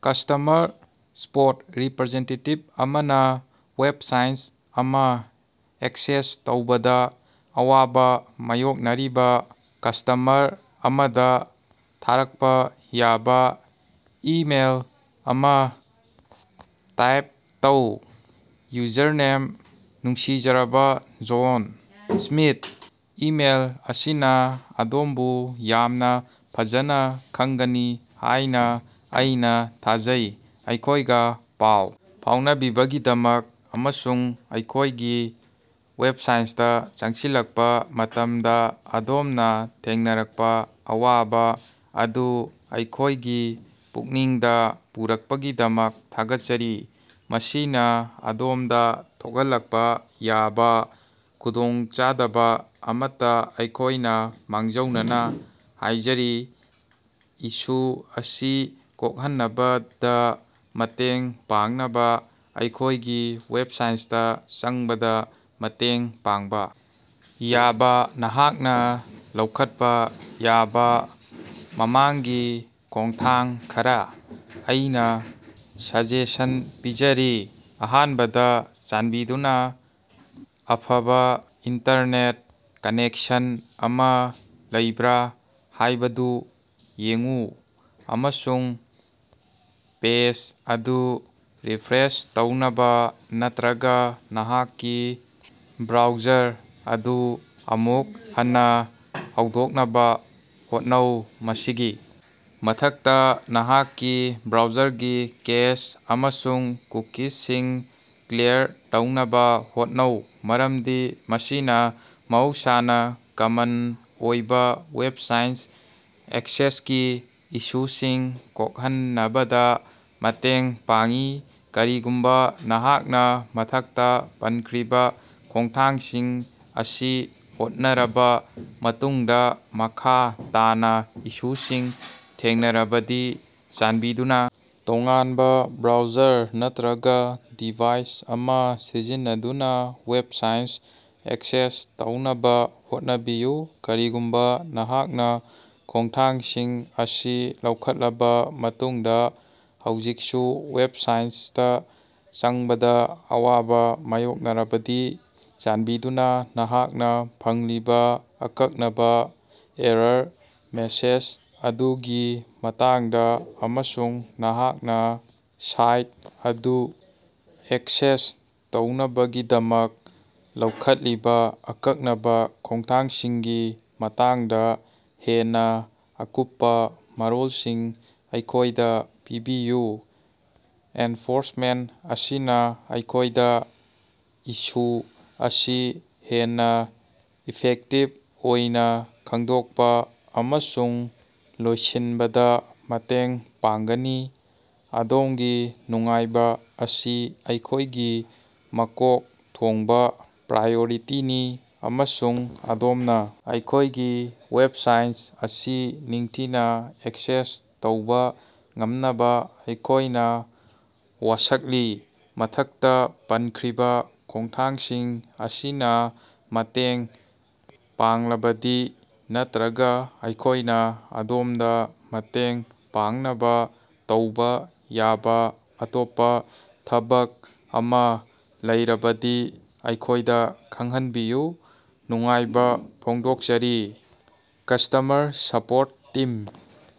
Customer support representative ꯑꯃꯅ website ꯑꯃ access ꯇꯧꯕꯗ ꯑꯋꯥꯕ ꯃꯥꯌꯣꯛꯅꯔꯤꯕ ꯀꯁ꯭ꯇꯃꯔ ꯑꯃꯗ ꯊꯥꯔꯀꯄ ꯌꯥꯕ ꯏꯃꯦꯏꯜ ꯑꯃ ꯇꯥꯏꯞ ꯇꯧ꯫ ꯌꯨꯖꯔꯅꯦꯝ: ꯅꯨꯡꯁꯤꯖꯔꯕ ꯖꯣꯟ ꯁ꯭ꯃꯤꯊ, ꯏꯃꯦꯜ ꯑꯁꯤꯅ ꯑꯗꯣꯝꯕꯨ ꯌꯥꯝꯅ ꯐꯖꯅ ꯐꯪꯒꯅꯤ ꯍꯥꯏꯅ ꯑꯩꯅ ꯊꯥꯖꯩ꯫ ꯑꯩꯈꯣꯏꯒ ꯄꯥꯎ ꯐꯥꯎꯅꯕꯤꯕꯒꯤꯗꯃꯛ ꯑꯃꯁꯨꯡ ꯑꯩꯈꯣꯏꯒꯤ ꯋꯦꯕꯁꯥꯏꯠꯇ ꯆꯪꯂꯛꯄ ꯃꯇꯝꯗ ꯑꯗꯣꯝꯅ ꯊꯦꯡꯅꯔꯛꯄ ꯑꯋꯥꯕ ꯑꯗꯨ ꯑꯩꯈꯣꯏꯒꯤ ꯄꯨꯛꯅꯤꯡꯗ ꯄꯨꯔꯛꯄꯒꯤꯗꯃꯛ ꯊꯥꯒꯠꯆꯔꯤ꯫ ꯃꯁꯤꯅ ꯑꯗꯣꯝꯗ ꯊꯣꯛꯍꯜꯂꯛꯄ ꯌꯥꯕ ꯈꯨꯗꯣꯡꯆꯥꯗꯕ ꯑꯃꯠꯇ ꯑꯩꯈꯣꯏꯅ ꯃꯥꯡꯖꯧꯅꯅꯥ ꯍꯥꯌꯖꯔꯤ꯫ ꯏꯁꯨ ꯑꯁꯤ ꯀꯣꯛꯍꯟꯅꯕꯗ ꯃꯇꯦꯡ ꯄꯥꯡꯅꯕ, ꯑꯩꯈꯣꯏꯒꯤ ꯋꯦꯕꯁꯥꯏꯠꯇꯥ ꯆꯪꯕꯗ ꯃꯇꯦꯡ ꯄꯥꯡꯕ ꯌꯥꯕ ꯅꯍꯥꯛꯅ ꯂꯧꯈꯠꯄ ꯌꯥꯕ ꯃꯃꯥꯡꯒꯤ ꯈꯣꯡꯊꯥꯡ ꯈꯔꯥ ꯑꯩꯅ ꯁꯖꯦꯁꯟ ꯄꯤꯖꯔꯤ꯫ ꯑꯍꯥꯟꯕꯗ, ꯆꯥꯟꯕꯤꯗꯨꯅ ꯑꯐꯕ ꯏꯟꯇꯔꯅꯦꯠ ꯀꯅꯦꯛꯁꯟ ꯑꯃ ꯂꯩꯕ꯭ꯔꯥ ꯍꯥꯏꯕꯗꯨ ꯌꯦꯡꯎ, ꯑꯃꯁꯨꯡ ꯄꯦꯖ ꯑꯗꯨ ꯔꯤꯐ꯭ꯔꯦꯁ ꯇꯧꯅꯕ ꯅꯠꯇ꯭ꯔꯒ ꯅꯍꯥꯛꯀꯤ ꯕ꯭ꯔꯥꯎꯖꯔ ꯑꯗꯨ ꯑꯃꯨꯛ ꯍꯟꯅ ꯍꯧꯗꯣꯛꯅꯕ ꯍꯣꯠꯅꯧ꯫ ꯃꯁꯤꯒꯤ ꯃꯊꯛꯇ, ꯅꯍꯥꯛꯀꯤ ꯕ꯭ꯔꯥꯎꯖꯔꯒꯤ ꯀꯦꯁ ꯑꯃꯁꯨꯡ ꯀꯨꯀꯤꯖꯁꯤꯡ ꯀ꯭ꯂꯤꯌꯔ ꯇꯧꯅꯕ ꯍꯣꯠꯅꯧ, ꯃꯔꯝꯗꯤ ꯃꯁꯤꯅ ꯃꯍꯧꯁꯥꯅ ꯀꯃꯟ ꯑꯣꯏꯕ ꯋꯦꯕꯁꯥꯏꯠ ꯑꯦꯛꯁꯦꯁꯀꯤ ꯏꯁꯨꯁꯤꯡ ꯀꯣꯛꯍꯟꯅꯕꯗ ꯃꯇꯦꯡ ꯄꯥꯡꯏ ꯀꯔꯤꯒꯨꯝꯕ ꯅꯍꯥꯛꯅ ꯃꯊꯛꯇꯥ ꯄꯟꯈ꯭ꯔꯤꯕ ꯈꯣꯡꯊꯥꯡꯁꯤꯡ ꯑꯁꯤ ꯍꯣꯠꯅꯔꯕ ꯃꯇꯨꯡꯗ ꯃꯈꯥ ꯇꯥꯅ ꯏꯁꯨꯁꯤꯡ ꯊꯦꯡꯅꯔꯕꯗꯤ, ꯆꯥꯟꯕꯤꯗꯨꯅ ꯇꯣꯉꯥꯟꯕ ꯕ꯭ꯔꯥꯎꯖꯔ ꯅꯠꯇ꯭ꯔꯒꯥ ꯗꯤꯚꯥꯏꯁ ꯑꯃ ꯁꯤꯖꯤꯟꯅꯗꯨꯅ ꯋꯦꯕꯁꯥꯏꯠ ꯑꯦꯛꯁꯦꯁ ꯇꯧꯅꯕ ꯍꯣꯠꯅꯕꯤꯌꯨ꯫ ꯀꯔꯤꯒꯨꯝꯕ ꯅꯍꯥꯛꯅ ꯈꯣꯡꯊꯥꯡꯁꯤꯡ ꯑꯁꯤ ꯂꯧꯈꯠꯂꯕ ꯃꯇꯨꯡꯗ ꯍꯧꯖꯤꯛꯁꯨ ꯋꯦꯕꯁꯥꯏꯠꯇ ꯆꯪꯕꯗ ꯑꯋꯥꯕ ꯃꯥꯌꯣꯛꯅꯔꯕꯗꯤ, ꯆꯥꯟꯕꯤꯗꯨꯅ ꯅꯍꯥꯛꯅ ꯐꯪꯂꯤꯕ ꯑꯀꯛꯅꯕ ꯑꯦꯔꯥꯔ ꯃꯦꯁꯦꯖ ꯑꯗꯨꯒꯤ ꯃꯇꯥꯡꯗ ꯑꯃꯁꯨꯡ ꯅꯍꯥꯛꯅ ꯁꯥꯏꯠ ꯑꯗꯨ ꯑꯦꯛꯁꯦꯁ ꯇꯧꯅꯕꯒꯤꯗꯃꯛ ꯂꯧꯈꯠꯂꯤꯕ ꯑꯀꯛꯅꯕ ꯈꯣꯡꯊꯥꯡꯁꯤꯡꯒꯤ ꯃꯇꯥꯡꯗ ꯍꯦꯟꯅꯥ ꯑꯀꯨꯞꯄꯥ ꯃꯔꯣꯜꯁꯤꯡ ꯑꯩꯈꯣꯏꯗ ꯄꯤꯕꯤꯌꯨ꯫ ꯏꯟꯐꯣꯔꯃꯦꯁꯟ ꯑꯁꯤꯅ ꯑꯩꯈꯣꯏꯗ ꯏꯁꯨ ꯑꯁꯤ ꯍꯦꯟꯅ ꯏꯐꯦꯛꯇꯤꯚ ꯑꯣꯏꯅ ꯈꯪꯗꯣꯛꯄ ꯑꯃꯁꯨꯡ ꯂꯣꯏꯁꯤꯟꯕꯗ ꯃꯇꯦꯡ ꯄꯥꯡꯒꯅꯤ꯫ ꯑꯗꯣꯝꯒꯤ ꯅꯨꯡꯉꯥꯏꯕ ꯑꯁꯤ ꯑꯩꯈꯣꯏꯒꯤ ꯃꯀꯣꯛ ꯊꯣꯡꯕ ꯄ꯭ꯔꯥꯌꯣꯔꯤꯇꯤꯅꯤ, ꯑꯃꯁꯨꯡ ꯑꯗꯣꯝꯅ ꯑꯩꯈꯣꯏꯒꯤ ꯋꯦꯕꯁꯥꯏꯠ ꯑꯁꯤ ꯅꯤꯡꯊꯤꯅ ꯑꯦꯛꯁꯦꯁ ꯇꯧꯕ ꯉꯝꯅꯕ ꯑꯩꯈꯣꯏꯅ ꯋꯥꯁꯛꯂꯤ꯫ ꯃꯊꯛꯇꯥ ꯄꯟꯈ꯭ꯔꯤꯕ ꯈꯣꯡꯊꯥꯡꯁꯤꯡ ꯑꯁꯤꯅꯥ ꯃꯇꯦꯡ ꯄꯥꯡꯂꯕꯗꯤ ꯅꯠꯇ꯭ꯔꯒ ꯑꯩꯈꯣꯏꯅ ꯑꯗꯣꯝꯗ ꯃꯇꯦꯡ ꯄꯥꯡꯅꯕ ꯇꯧꯕ ꯌꯥꯕ ꯑꯇꯣꯞꯄ ꯊꯕꯛ ꯑꯃ ꯂꯩꯔꯕꯗꯤ ꯑꯩꯈꯣꯏꯗ ꯈꯪꯍꯟꯕꯤꯌꯨ꯫ ꯅꯨꯡꯉꯥꯏꯕ ꯐꯣꯡꯗꯣꯛꯆꯔꯤ, ꯀꯁ꯭ꯇꯃꯔ ꯁꯄꯣꯔꯠ ꯇꯤꯝ꯫